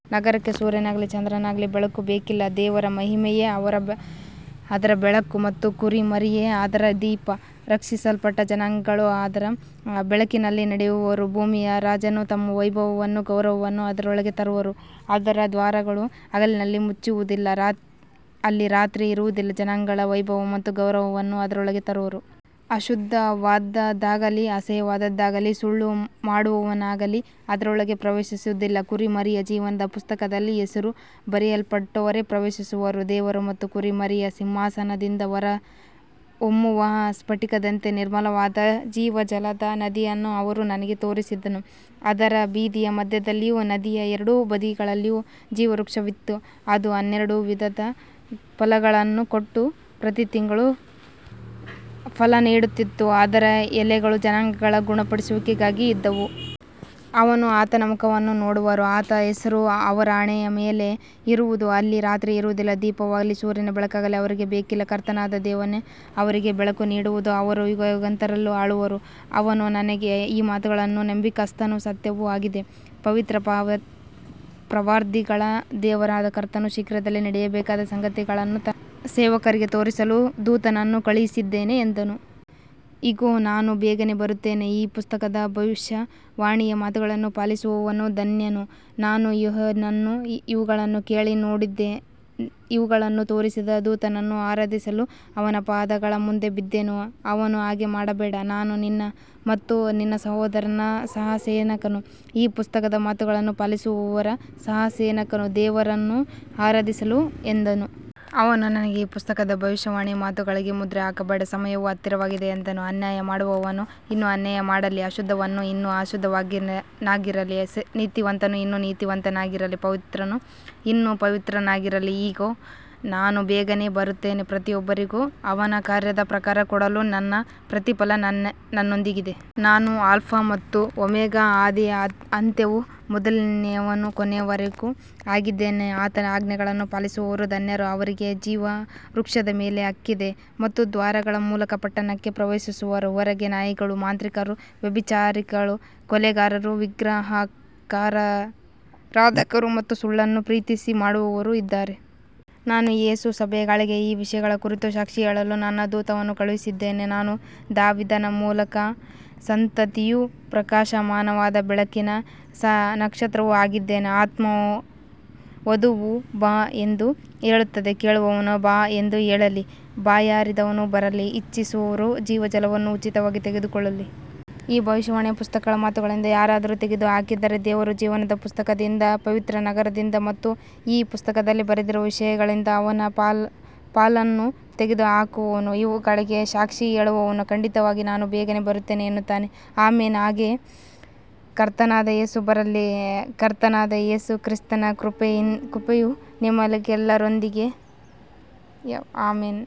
ನಗರಕ್ಕೆ ಸೂರ್ಯನಾಗಲಿ ಚಂದ್ರನಾಗಲಿ ಬೆಳಕು ಬೇಕಿಲ್ಲ, ದೇವರ ಮಹಿಮೆಯೇ ಅದರ ಬೆಳಕು ಮತ್ತು ಕುರಿಮರಿಯೇ ಅದರ ದೀಪ. ರಕ್ಷಿಸಲ್ಪಟ್ಟ ಜನಾಂಗಗಳು ಅದರ ಬೆಳಕಿನಲ್ಲಿ ನಡೆಯುವರು, ಭೂಮಿಯ ರಾಜರು ತಮ್ಮ ವೈಭವವನ್ನೂ ಗೌರವವನ್ನೂ ಅದರೊಳಗೆ ತರುವರು. ಅದರ ದ್ವಾರಗಳು ಹಗಲಿನಲ್ಲಿ ಮುಚ್ಚುವುದಿಲ್ಲ, ಅಲ್ಲಿ ರಾತ್ರಿ ಇರುವುದಿಲ್ಲ. ಜನಾಂಗಗಳ ವೈಭವ ಮತ್ತು ಗೌರವವನ್ನು ಅದರೊಳಗೆ ತರುವರು. ಅಶುದ್ಧವಾದದ್ದಾಗಲಿ ಅಸಹ್ಯವಾದದ್ದಾಗಲಿ ಸುಳ್ಳು ಮಾಡುವವನಾಗಲಿ ಅದರೊಳಗೆ ಪ್ರವೇಶಿಸುವುದಿಲ್ಲ, ಕುರಿಮರಿಯ ಜೀವನದ ಪುಸ್ತಕದಲ್ಲಿ ಹೆಸರು ಬರೆಯಲ್ಪಟ್ಟವರೇ ಪ್ರವೇಶಿಸುವರು. ದೇವರು ಮತ್ತು ಕುರಿಮರಿಯ ಸಿಂಹಾಸನದಿಂದ ಹೊರಹೊಮ್ಮುವ ಸ್ಫಟಿಕದಂತೆ ನಿರ್ಮಲವಾದ ಜೀವಜಲದ ನದಿಯನ್ನು ಅವನು ನನಗೆ ತೋರಿಸಿದನು. ಅದರ ಬೀದಿಯ ಮಧ್ಯದಲ್ಲಿಯೂ ನದಿಯ ಎರಡೂ ಬದಿಗಳಲ್ಲಿಯೂ ಜೀವವೃಕ್ಷವಿತ್ತು. ಅದು ಹನ್ನೆರಡು ವಿಧದ ಫಲಗಳನ್ನು ಕೊಟ್ಟು, ಪ್ರತಿ ತಿಂಗಳು ಫಲ ನೀಡುತ್ತಿತ್ತು, ಅದರ ಎಲೆಗಳು ಜನಾಂಗಗಳ ಗುಣಪಡಿಸುವಿಕೆಗಾಗಿ ಇದ್ದವು. ಅವರು ಆತನ ಮುಖವನ್ನು ನೋಡುವರು, ಆತನ ಹೆಸರು ಅವರ ಹಣೆಯ ಮೇಲೆ ಇರುವುದು. ಅಲ್ಲಿ ರಾತ್ರಿ ಇರುವುದಿಲ್ಲ, ದೀಪವಾಗಲಿ ಸೂರ್ಯನ ಬೆಳಕಾಗಲಿ ಅವರಿಗೆ ಬೇಕಿಲ್ಲ, ಕರ್ತನಾದ ದೇವರೇ ಅವರಿಗೆ ಬೆಳಕು ನೀಡುವನು, ಅವರು ಯುಗಯುಗಾಂತರವೂ ಆಳುವರು. ಅವನು ನನಗೆ, ಈ ಮಾತುಗಳು ನಂಬಿಗಸ್ತವೂ ಸತ್ಯವೂ ಆಗಿವೆ, ಪವಿತ್ರ ಪ್ರವಾದಿಗಳ ದೇವರಾದ ಕರ್ತನು ಶೀಘ್ರದಲ್ಲೇ ನಡೆಯಬೇಕಾದ ಸಂಗತಿಗಳನ್ನು ತನ್ನ ಸೇವಕರಿಗೆ ತೋರಿಸಲು ದೂತನನ್ನು ಕಳುಹಿಸಿದ್ದಾನೆ ಎಂದನು. ಇಗೋ, ನಾನು ಬೇಗನೆ ಬರುತ್ತೇನೆ, ಈ ಪುಸ್ತಕದ ಭವಿಷ್ಯವಾಣಿಯ ಮಾತುಗಳನ್ನು ಪಾಲಿಸುವವನು ಧನ್ಯನು. ನಾನು ಯೋಹಾನನು ಇವುಗಳನ್ನು ಕೇಳಿ ನೋಡಿದೆನು, ಇವುಗಳನ್ನು ತೋರಿಸಿದ ದೂತನನ್ನು ಆರಾಧಿಸಲು ಅವನ ಪಾದಗಳ ಮುಂದೆ ಬಿದ್ದೆನು. ಅವನು, ಹಾಗೆ ಮಾಡಬೇಡ, ನಾನು ನಿನ್ನ ಮತ್ತು ನಿನ್ನ ಸಹೋದರರ ಸಹಸೇವಕನು, ಈ ಪುಸ್ತಕದ ಮಾತುಗಳನ್ನು ಪಾಲಿಸುವವರ ಸಹಸೇವಕನು, ದೇವರನ್ನು ಆರಾಧಿಸು ಎಂದನು. ಅವನು ನನಗೆ, ಈ ಪುಸ್ತಕದ ಭವಿಷ್ಯವಾಣಿಯ ಮಾತುಗಳಿಗೆ ಮುದ್ರೆ ಹಾಕಬೇಡ, ಸಮಯವು ಹತ್ತಿರವಾಗಿದೆ ಎಂದನು. ಅನ್ಯಾಯ ಮಾಡುವವನು ಇನ್ನೂ ಅನ್ಯಾಯ ಮಾಡಲಿ, ಅಶುದ್ಧನು ಇನ್ನೂ ಅಶುದ್ಧನಾಗಿರಲಿ, ನೀತಿವಂತನು ಇನ್ನೂ ನೀತಿವಂತನಾಗಿರಲಿ, ಪವಿತ್ರನು ಇನ್ನೂ ಪವಿತ್ರನಾಗಿರಲಿ. ಇಗೋ, ನಾನು ಬೇಗನೆ ಬರುತ್ತೇನೆ, ಪ್ರತಿಯೊಬ್ಬನಿಗೂ ಅವನ ಕಾರ್ಯದ ಪ್ರಕಾರ ಕೊಡಲು ನನ್ನ ಪ್ರತಿಫಲ ನನ್ನೊಂದಿಗಿದೆ. ನಾನು ಆಲ್ಫಾ ಮತ್ತು ಓಮೆಗಾ, ಆದಿಯೂ ಅಂತ್ಯವೂ, ಮೊದಲನೆಯವನೂ ಕೊನೆಯವನೂ ಆಗಿದ್ದೇನೆ. ಆತನ ಆಜ್ಞೆಗಳನ್ನು ಪಾಲಿಸುವವರು ಧನ್ಯರು, ಅವರಿಗೆ ಜೀವವೃಕ್ಷದ ಮೇಲೆ ಹಕ್ಕಿದೆ ಮತ್ತು ದ್ವಾರಗಳ ಮೂಲಕ ಪಟ್ಟಣಕ್ಕೆ ಪ್ರವೇಶಿಸುವರು. ಹೊರಗೆ ನಾಯಿಗಳು, ಮಾಂತ್ರಿಕರು, ವ್ಯಭಿಚಾರಿಗಳು, ಕೊಲೆಗಾರರು, ವಿಗ್ರಹಾರಾಧಕರು ಮತ್ತು ಸುಳ್ಳನ್ನು ಪ್ರೀತಿಸಿ ಮಾಡುವವರು ಇದ್ದಾರೆ. ನಾನು ಯೇಸು, ಸಭೆಗಳಿಗೆ ಈ ವಿಷಯಗಳ ಕುರಿತು ಸಾಕ್ಷಿ ಹೇಳಲು ನನ್ನ ದೂತನನ್ನು ಕಳುಹಿಸಿದ್ದೇನೆ. ನಾನು ದಾವೀದನ ಮೂಲವೂ ಸಂತತಿಯೂ, ಪ್ರಕಾಶಮಾನವಾದ ಬೆಳಗಿನ ನಕ್ಷತ್ರವೂ ಆಗಿದ್ದೇನೆ. ಆತ್ಮವೂ ವಧುವೂ, ಬಾ ಎಂದು ಹೇಳುತ್ತವೆ. ಕೇಳುವವನು, ಬಾ ಎಂದು ಹೇಳಲಿ. ಬಾಯಾರಿದವನು ಬರಲಿ, ಇಚ್ಛಿಸುವವನು ಜೀವಜಲವನ್ನು ಉಚಿತವಾಗಿ ತೆಗೆದುಕೊಳ್ಳಲಿ. ಈ ಭವಿಷ್ಯವಾಣಿಯ ಪುಸ್ತಕದ ಮಾತುಗಳಿಂದ ಯಾರಾದರೂ ತೆಗೆದುಹಾಕಿದರೆ, ದೇವರು ಜೀವನದ ಪುಸ್ತಕದಿಂದ, ಪವಿತ್ರನಗರದಿಂದ ಮತ್ತು ಈ ಪುಸ್ತಕದಲ್ಲಿ ಬರೆದಿರುವ ವಿಷಯಗಳಿಂದ ಅವನ ಪಾಲನ್ನು ತೆಗೆದುಹಾಕುವನು. ಇವುಗಳಿಗೆ ಸಾಕ್ಷಿ ಹೇಳುವವನು, ಖಂಡಿತವಾಗಿ ನಾನು ಬೇಗನೆ ಬರುತ್ತೇನೆ ಎನ್ನುತ್ತಾನೆ. ಆಮೆನ್, ಹಾಗೆಯೇ ಕರ್ತನಾದ ಯೇಸು ಬರಲಿ. ಕರ್ತನಾದ ಯೇಸು ಕ್ರಿಸ್ತನ ಕೃಪೆಯು ನಿಮ್ಮೆಲ್ಲರೊಂದಿಗಿರಲಿ. ಆಮೆನ್.